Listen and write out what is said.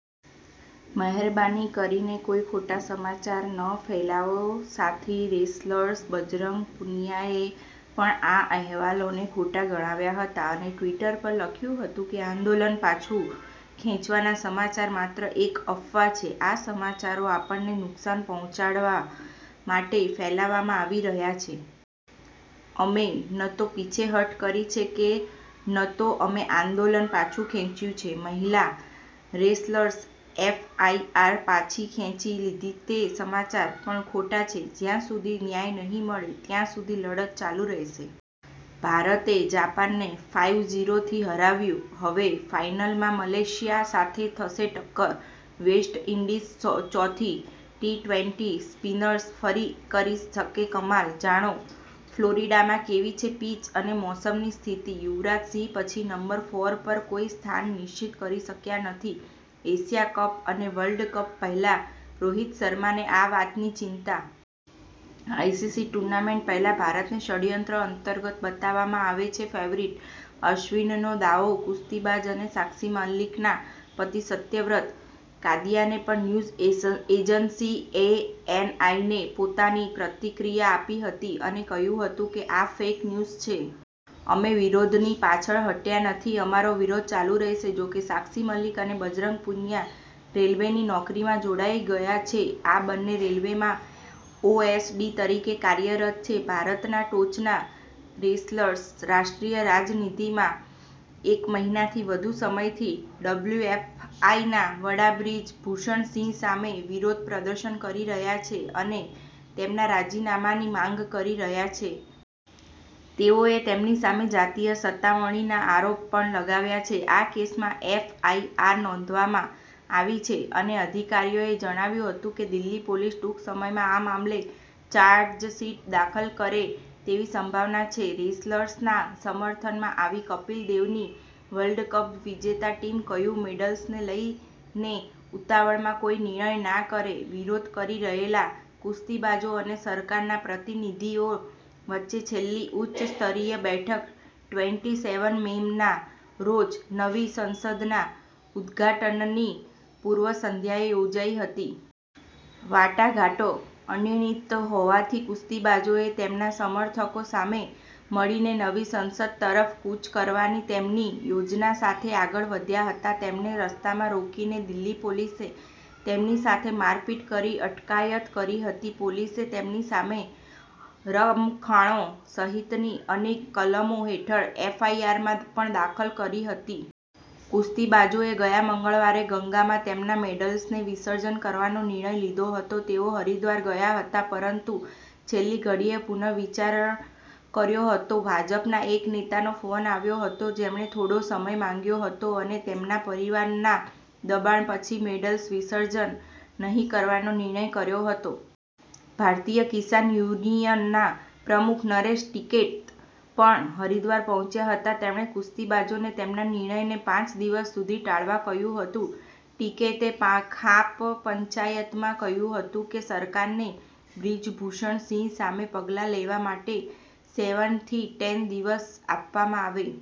મહેરબાની કરીને કોઈ ખોટા સમાચાર ન ફેલાવો. સાથી રેસલર્સ બજરંગ પુનિયાએ પણ આ અહેવાલોને ખોટા ગણાવ્યા હતા અને ટ્વિટર પર લખ્યું હતું કે આંદોલન પાછું ખેંચવાના સમાચાર માત્ર એક અફવા છે. આ સમાચારો આપણને નુકસાન પહોંચાડવા માટે ફેલાવવામાં આવી રહ્યા છે. અમે ન તો પીછેહઠ કરી છે કે ન તો અમે આંદોલન પાછું ખેંચ્યું છે. મહિલા રેસલર્સે એફઆઈઆર પાછી ખેંચી લીધી તે સમાચાર પણ ખોટા છે. જ્યાં સુધી ન્યાય નહીં મળે ત્યાં સુધી લડત ચાલુ રહેશે. ભારતે જાપાનને ફાઈવ-ઝીરો થી હરાવ્યું, હવે ફાઇનલમાં મલેશિયા સાથે થશે ટક્કર વેસ્ટ ઇન્ડીઝ ચોથી ટી-ટ્વેન્ટી સ્પિનર્સ ફરી કરી શકે કમાલ, જાણો ફ્લોરિડામાં કેવી છે પિચ અને મોસમની સ્થિતિ? યુવરાજ સિંહ પછી નંબર-ફોર પર કોઈ સ્થાન નિશ્ચિત કરી શક્યા નથી, એશિયા કપ અને વર્લ્ડ કપ પહેલા રોહિત શર્માને આ વાતની ચિંતા. આઈસીસી ટૂર્નામેન્ટ પહેલા ભારતને ષડયંત્ર અંતર્ગત બતાવવામાં આવે છે ફેવરિટ, અશ્વિનનો દાવો. કુસ્તીબાજ અને સાક્ષી મલિકના પતિ સત્યવ્રત કાદિયાને પણ ન્યૂઝ એજન્સી એએનઆઈને પોતાની પ્રતિક્રિયા આપી હતી અને કહ્યું હતું કે આ ફેક ન્યૂઝ છે. અમે વિરોધથી પાછળ હટ્યા નથી. અમારો વિરોધ ચાલુ રહેશે. જોકે સાક્ષી મલિક અને બજરંગ પુનિયા રેલવેની નોકરીમાં જોડાઈ ગયા છે. આ બંને રેલવેમાં ઓએસડી તરીકે કાર્યરત છે. ભારતના ટોચના રેસલર્સ રાષ્ટ્રીય રાજધાનીમાં એક મહિનાથી વધુ સમયથી ડબલ્યુએફઆઈના વડા બ્રિજ ભૂષણ સિંહ સામે વિરોધ પ્રદર્શન કરી રહ્યા છે અને તેમના રાજીનામાની માગ કરી રહ્યા છે. તેઓએ તેમની સામે જાતીય સતામણીના આરોપો પણ લગાવ્યા છે. આ કેસમાં એફઆઈઆર નોંધવામાં આવી છે અને અધિકારીઓએ જણાવ્યું હતું કે દિલ્હી પોલીસ ટૂંક સમયમાં આ મામલે ચાર્જશીટ દાખલ કરે તેવી સંભાવના છે. રેસલર્સના સમર્થનમાં આવી કપિલ દેવની વર્લ્ડ કપ વિજેતા ટીમ, કહ્યું મેડલ્સને લઇને ઉતાવળમાં કોઇ નિર્ણય ના કરે વિરોધ કરી રહેલા કુસ્તીબાજો અને સરકારના પ્રતિનિધિઓ વચ્ચે છેલ્લી ઉચ્ચ સ્તરીય બેઠક ટ્વેન્ટી સેવન મેના રોજ નવી સંસદના ઉદ્ઘાટનની પૂર્વસંધ્યાએ યોજાઈ હતી. વાટાઘાટો અનિર્ણિત હોવાથી કુસ્તીબાજોએ તેમના સમર્થકો સાથે મળીને નવી સંસદ તરફ કૂચ કરવાની તેમની યોજના સાથે આગળ વધ્યા હતા. તેમને રસ્તામાં રોકીને દિલ્હી પોલીસે તેમની સાથે મારપીટ કરી અટકાયત કરી હતી. પોલીસે તેમની સામે રમખાણો સહિતની અનેક કલમો હેઠળ એફઆઈઆર પણ દાખલ કરી હતી. કુસ્તીબાજોએ ગયા મંગળવારે ગંગામાં તેમના મેડલ્સને વિસર્જન કરવાનો નિર્ણય લીધો હતો. તેઓ હરિદ્વાર ગયા હતા, પરંતુ છેલ્લી ઘડીએ પુનઃવિચાર કર્યો હતો. ભાજપના એક નેતાનો ફોન આવ્યો હતો, જેમણે થોડો સમય માંગ્યો હતો, અને તેમના પરિવારોના દબાણ પછી મેડલ્સ વિસર્જન નહીં કરવાનો નિર્ણય કર્યો હતો. ભારતીય કિસાન યુનિયન ના પ્રમુખ નરેશ ટિકૈત પણ હરિદ્વાર પહોંચ્યા હતા. તેમણે કુસ્તીબાજોને તેમના નિર્ણયને પાંચ દિવસ સુધી ટાળવા કહ્યું હતું. ટિકૈતે ખાપ પંચાયતમાં કહ્યું હતું કે સરકારને બ્રિજભૂષણ સિંહ સામે પગલાં લેવા માટે સેવન થી ટેન દિવસ આપવામાં આવે.